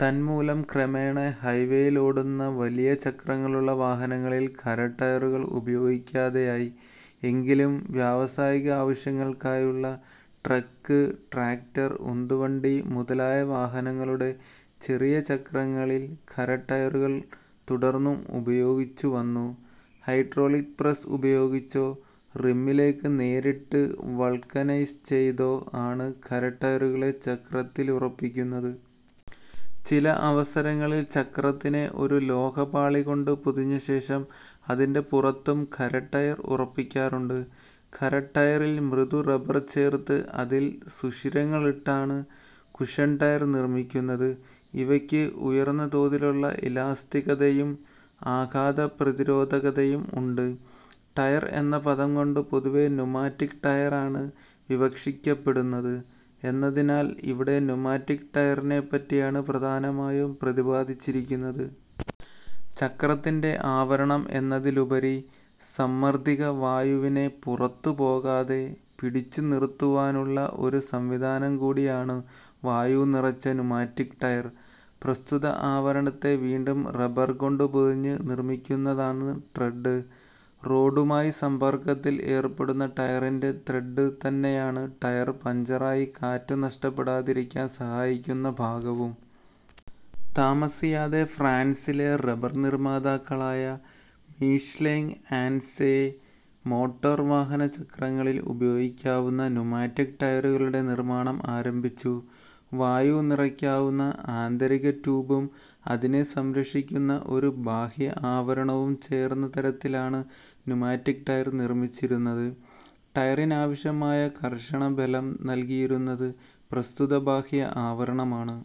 തന്മൂലം ക്രമേണ ഹൈവേയിലോടുന്ന വലിയ ചക്രങ്ങളുള്ള വാഹനങ്ങളിൽ ഖര ടയറുകൾ ഉപയോഗിക്കാതെയായി. എങ്കിലും വ്യാവസായികാവശ്യങ്ങൾക്കായുള്ള ട്രക്ക്, ട്രാക്ക്റ്റർ, ഉന്തുവണ്ടി മുതലായ വാഹനങ്ങളുടെ ചെറിയ ചക്രങ്ങളിൽ ഖര ടയറുകൾ തുടർന്നും ഉപയോഗിച്ചു വന്നു. ഹൈഡ്രോളിക് പ്രസ്സ് ഉപയോഗിച്ചോ റിമ്മിലേക്ക് നേരിട്ട് വൾക്കനൈസ് ചെയ്തോ ആണ് ഖര ടയറുകളെ ചക്രത്തിലുറപ്പിക്കുന്നത്. ചില അവസരങ്ങളിൽ ചക്രത്തിനെ ഒരു ലോഹ പാളി കൊണ്ട് പൊതിഞ്ഞശേഷം അതിന്റെ പുറത്തും ഖര ടയർ ഉറപ്പിക്കാറുണ്ട്. ഖര ടയറിൽ മൃദു റബർ ചേർത്ത് അതിൽ സുഷിരങ്ങളിട്ടാണ് കുഷൻ ടയർ നിർമ്മിക്കുന്നത്. ഇവയ്ക്ക് ഉയർന്ന തോതിലുള്ള ഇലാസ്തികതയും ആഘാത പ്രതിരോധകതയും ഉണ്ട്. ടയർ എന്ന പദംകൊണ്ട് പൊതുവേ ന്യൂമാറ്റിക് ടയറാണ് വിവക്ഷിക്കപ്പെടുന്നത് എന്നതിനാൽ ഇവിടെ ന്യൂമാറ്റിക് ടയറിനെപ്പറ്റിയാണ് പ്രധാനമായും പ്രതിപാദിച്ചിരിക്കുന്നത്. ചക്രത്തിന്റെ ആവരണം എന്നതിലുപരി സമ്മർദ്ദിത വായുവിനെ പുറത്തു പോകാതെ പിടിച്ചു നിറുത്തുവാനുള്ള ഒരു സംവിധാനം കൂടിയാണ് വായു നിറച്ച ന്യൂമാറ്റിക് ടയർ. പ്രസ്തുത ആവരണത്തെ വീണ്ടും റബർ കൊണ്ട് പൊതിഞ്ഞ് നിർമ്മിക്കുന്നതാണ് ട്രെഡ്ഡ്. റോഡുമായി സമ്പർക്കത്തിൽ ഏർപ്പെടുന്ന ടയറിന്റെ ട്രെഡ്ഡു തന്നെയാണ് ടയർ പഞ്ചറായി കാറ്റു നഷ്ടപ്പെടാതിരിക്കാൻ സഹായിക്കുന്ന ഭാഗവും. താമസിയാതെ ഫ്രാൻസിലെ റബർ നിർമ്മാതാക്കളായ മീഷ്ലേങ് ആൻഡ് സ് യെ മോട്ടോർ വാഹന ചക്രങ്ങളിൽ ഉപയോഗിക്കാവുന്ന ന്യൂമാറ്റിക് ടയറുകളുടെ നിർമ്മാണം ആരംഭിച്ചു. വായു നിറയ്ക്കാവുന്ന ആന്തരിക ട്യൂബും അതിനെ സംരക്ഷിക്കുന്ന ഒരു ബാഹ്യ ആവരണവും ചേർന്ന തരത്തിലാണ് ന്യുമാറ്റിക് ടയർ നിർമിച്ചിരുന്നത്. ടയറിനാവശ്യമായ ഘർഷണ ബലം നൽകിയിരുന്നത് പ്രസ്തുത ബാഹ്യ ആവരണമാണ്.